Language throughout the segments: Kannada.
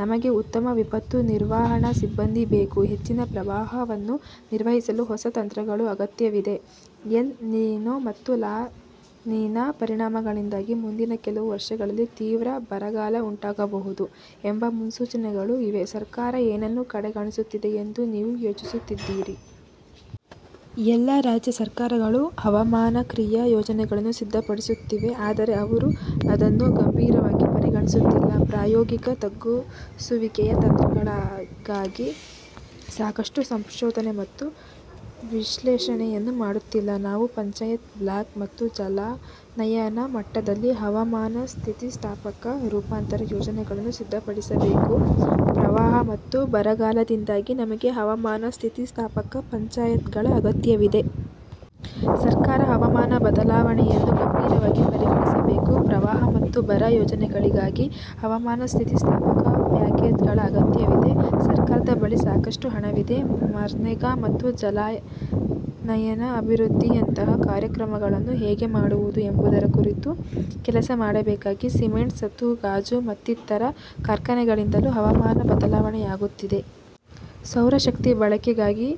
ನಮಗೆ ಉತ್ತಮ ವಿಪತ್ತು ನಿರ್ವಹಣಾ ಸಿಬ್ಬಂದಿ ಬೇಕು. ಹೆಚ್ಚಿದ ಪ್ರವಾಹವನ್ನು ನಿರ್ವಹಿಸಲು ಹೊಸ ತಂತ್ರಗಳು ಅಗತ್ಯವಿದೆ. ಎಲ್ ನಿನೊ ಮತ್ತು ಲಾ ನಿನಾ ಪರಿಣಾಮಗಳಿಂದಾಗಿ ಮುಂದಿನ ಕೆಲವು ವರ್ಷಗಳಲ್ಲಿ ತೀವ್ರ ಬರಗಾಲ ಉಂಟಾಗಬಹುದು ಎಂಬ ಮುನ್ಸೂಚನೆಗಳೂ ಇವೆ. ಸರ್ಕಾರ ಏನನ್ನು ಕಡೆಗಣಿಸುತ್ತಿದೆ ಎಂದು ನೀವು ಯೋಚಿಸುತ್ತೀರಿ? ಎಲ್ಲಾ ರಾಜ್ಯ ಸರ್ಕಾರಗಳು ಹವಾಮಾನ ಕ್ರಿಯಾ ಯೋಜನೆಗಳನ್ನು ಸಿದ್ಧಪಡಿಸುತ್ತಿವೆ, ಆದರೆ ಅವರು ಅದನ್ನು ಗಂಭೀರವಾಗಿ ಪರಿಗಣಿಸುತ್ತಿಲ್ಲ. ಪ್ರಾಯೋಗಿಕ ತಗ್ಗಿಸುವಿಕೆಯ ತಂತ್ರಗಳಿಗಾಗಿ ಸಾಕಷ್ಟು ಸಂಶೋಧನೆ ಮತ್ತು ವಿಶ್ಲೇಷಣೆಯನ್ನು ಮಾಡುತ್ತಿಲ್ಲ. ನಾವು ಪಂಚಾಯತ್, ಬ್ಲಾಕ್ ಮತ್ತು ಜಲಾನಯನ ಮಟ್ಟದಲ್ಲಿ ಹವಾಮಾನ-ಸ್ಥಿತಿಸ್ಥಾಪಕ ರೂಪಾಂತರ ಯೋಜನೆಗಳನ್ನು ಸಿದ್ಧಪಡಿಸಬೇಕು. ಪ್ರವಾಹ ಮತ್ತು ಬರಗಾಲದಿಂದಾಗಿ ನಮಗೆ ಹವಾಮಾನ-ಸ್ಥಿತಿಸ್ಥಾಪಕ ಪಂಚಾಯತ್ಗಳ ಅಗತ್ಯವಿದೆ. ಸರ್ಕಾರ ಹವಾಮಾನ ಬದಲಾವಣೆಯನ್ನು ಗಂಭೀರವಾಗಿ ಪರಿಗಣಿಸಬೇಕು ಪ್ರವಾಹ ಮತ್ತು ಬರ ಯೋಜನೆಗಳಿಗಾಗಿ ಹವಾಮಾನ-ಸ್ಥಿತಿಸ್ಥಾಪಕ ಪ್ಯಾಕೇಜ್ಗಳ ಅಗತ್ಯವಿದೆ. ಸರ್ಕಾರದ ಬಳಿ ಸಾಕಷ್ಟು ಹಣವಿದೆ. ಮನ್ರೇಗಾ ಮತ್ತು ಜಲಾನಯನ ಅಭಿವೃದ್ಧಿಯಂತಹ ಕಾರ್ಯಕ್ರಮಗಳನ್ನು ಹೇಗೆ ಮಾಡುವುದು ಎಂಬುದರ ಕುರಿತು ಕೆಲಸ ಮಾಡಬೇಕಾಗಿದೆ. ಸಿಮೆಂಟ್, ಸತು, ಗಾಜು ಮತ್ತಿತರ ಕಾರ್ಖಾನೆಗಳಿಂದಲೂ ಹವಾಮಾನ ಬದಲಾವಣೆಯಾಗುತ್ತಿದೆ. ಸೌರ ಶಕ್ತಿ ಬಳಕೆಗಾಗಿ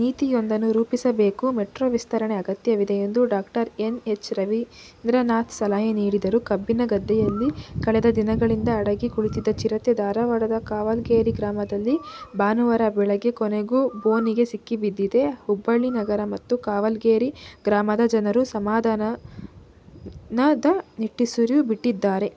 ನೀತಿಯೊಂದನ್ನು ರೂಪಿಸಬೇಕು, ಮೆಟ್ರೋ ವಿಸ್ತರಣೆ ಅಗತ್ಯವಿದೆ ಎಂದು ಡಾ. ಎನ್. ಎಚ್. ರವೀಂದ್ರನಾಥ್ ಸಲಹೆ ನೀಡಿದರು. ಕಬ್ಬಿನ ಗದ್ದೆಯಲ್ಲಿ ಕಳೆದ ದಿನಗಳಿಂದ ಅಡಗಿ ಕುಳಿತಿದ್ದ ಚಿರತೆ ಧಾರವಾಡದ ಕಾವಲ್ಗೇರಿ ಗ್ರಾಮದಲ್ಲಿ ಭಾನುವಾರ ಬೆಳಗ್ಗೆ ಕೊನೆಗೂ ಬೋನಿಗೆ ಸಿಕ್ಕಿಬಿದ್ದಿದೆ. ಹುಬ್ಬಳ್ಳಿ ನಗರ ಮತ್ತು ಕಾವಲ್ಗೇರಿ ಗ್ರಾಮದ ಜನರು ಸಮಾಧಾನದ ನಿಟ್ಟುಸಿರು ಬಿಟ್ಟಿದ್ದಾರೆ.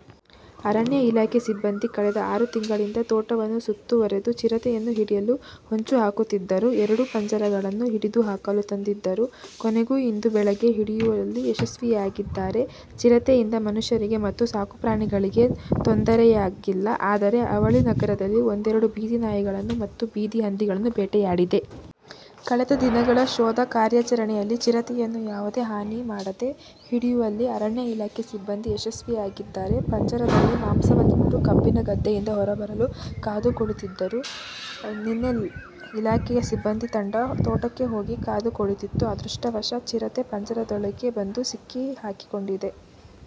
ಅರಣ್ಯ ಇಲಾಖೆ ಸಿಬ್ಬಂದಿ ಕಳೆದ ಆರು ದಿನಗಳಿಂದ ತೋಟವನ್ನು ಸುತ್ತುವರಿದು ಚಿರತೆಯನ್ನು ಹಿಡಿಯಲು ಹೊಂಚುಹಾಕುತ್ತಿದ್ದರು. ಎರಡು ಪಂಜರಗಳನ್ನು ಹಿಡಿದು ಹಾಕಲು ತಂದಿದ್ದರು. ಕೊನೆಗೂ ಇಂದು ಬೆಳಗ್ಗೆ ಹಿಡಿಯುವಲ್ಲಿ ಯಶಸ್ವಿಯಾಗಿದ್ದಾರೆ. ಚಿರತೆಯಿಂದ ಮನುಷ್ಯರಿಗೆ ಮತ್ತು ಸಾಕುಪ್ರಾಣಿಗಳಿಗೆ ತೊಂದರೆಯಾಗಿಲ್ಲ, ಆದರೆ ಅವಳಿ ನಗರದಲ್ಲಿ ಒಂದೆರಡು ಬೀದಿನಾಯಿಗಳನ್ನು ಮತ್ತು ಬೀದಿ ಹಂದಿಗಳನ್ನು ಬೇಟೆಯಾಡಿದೆ. ಕಳೆದ ದಿನಗಳ ಶೋಧ ಕಾರ್ಯಾಚರಣೆಯಲ್ಲಿ ಚಿರತೆಯನ್ನು ಯಾವುದೇ ಹಾನಿ ಮಾಡದೆ ಹಿಡಿಯುವಲ್ಲಿ ಅರಣ್ಯ ಇಲಾಖೆ ಸಿಬ್ಬಂದಿ ಯಶಸ್ವಿಯಾಗಿದ್ದಾರೆ. ಪಂಜರದಲ್ಲಿ ಮಾಂಸವನ್ನಿಟ್ಟು ಕಬ್ಬಿನ ಗದ್ದೆಯಿಂದ ಹೊರಬರಲು ಕಾದು ಕುಳಿತಿದ್ದರು. ನಿನ್ನೆ ಇಲಾಖೆಯ ಸಿಬ್ಬಂದಿ ತಂಡ ತೋಟಕ್ಕೆ ಹೋಗಿ ಕಾದು ಕುಳಿತಿತ್ತು. ಅದೃಷ್ಟವಶಾತ್ ಚಿರತೆ ಪಂಜರದೊಳಗೆ ಬಂದು ಸಿಕ್ಕಿಹಾಕಿಕೊಂಡಿದೆ.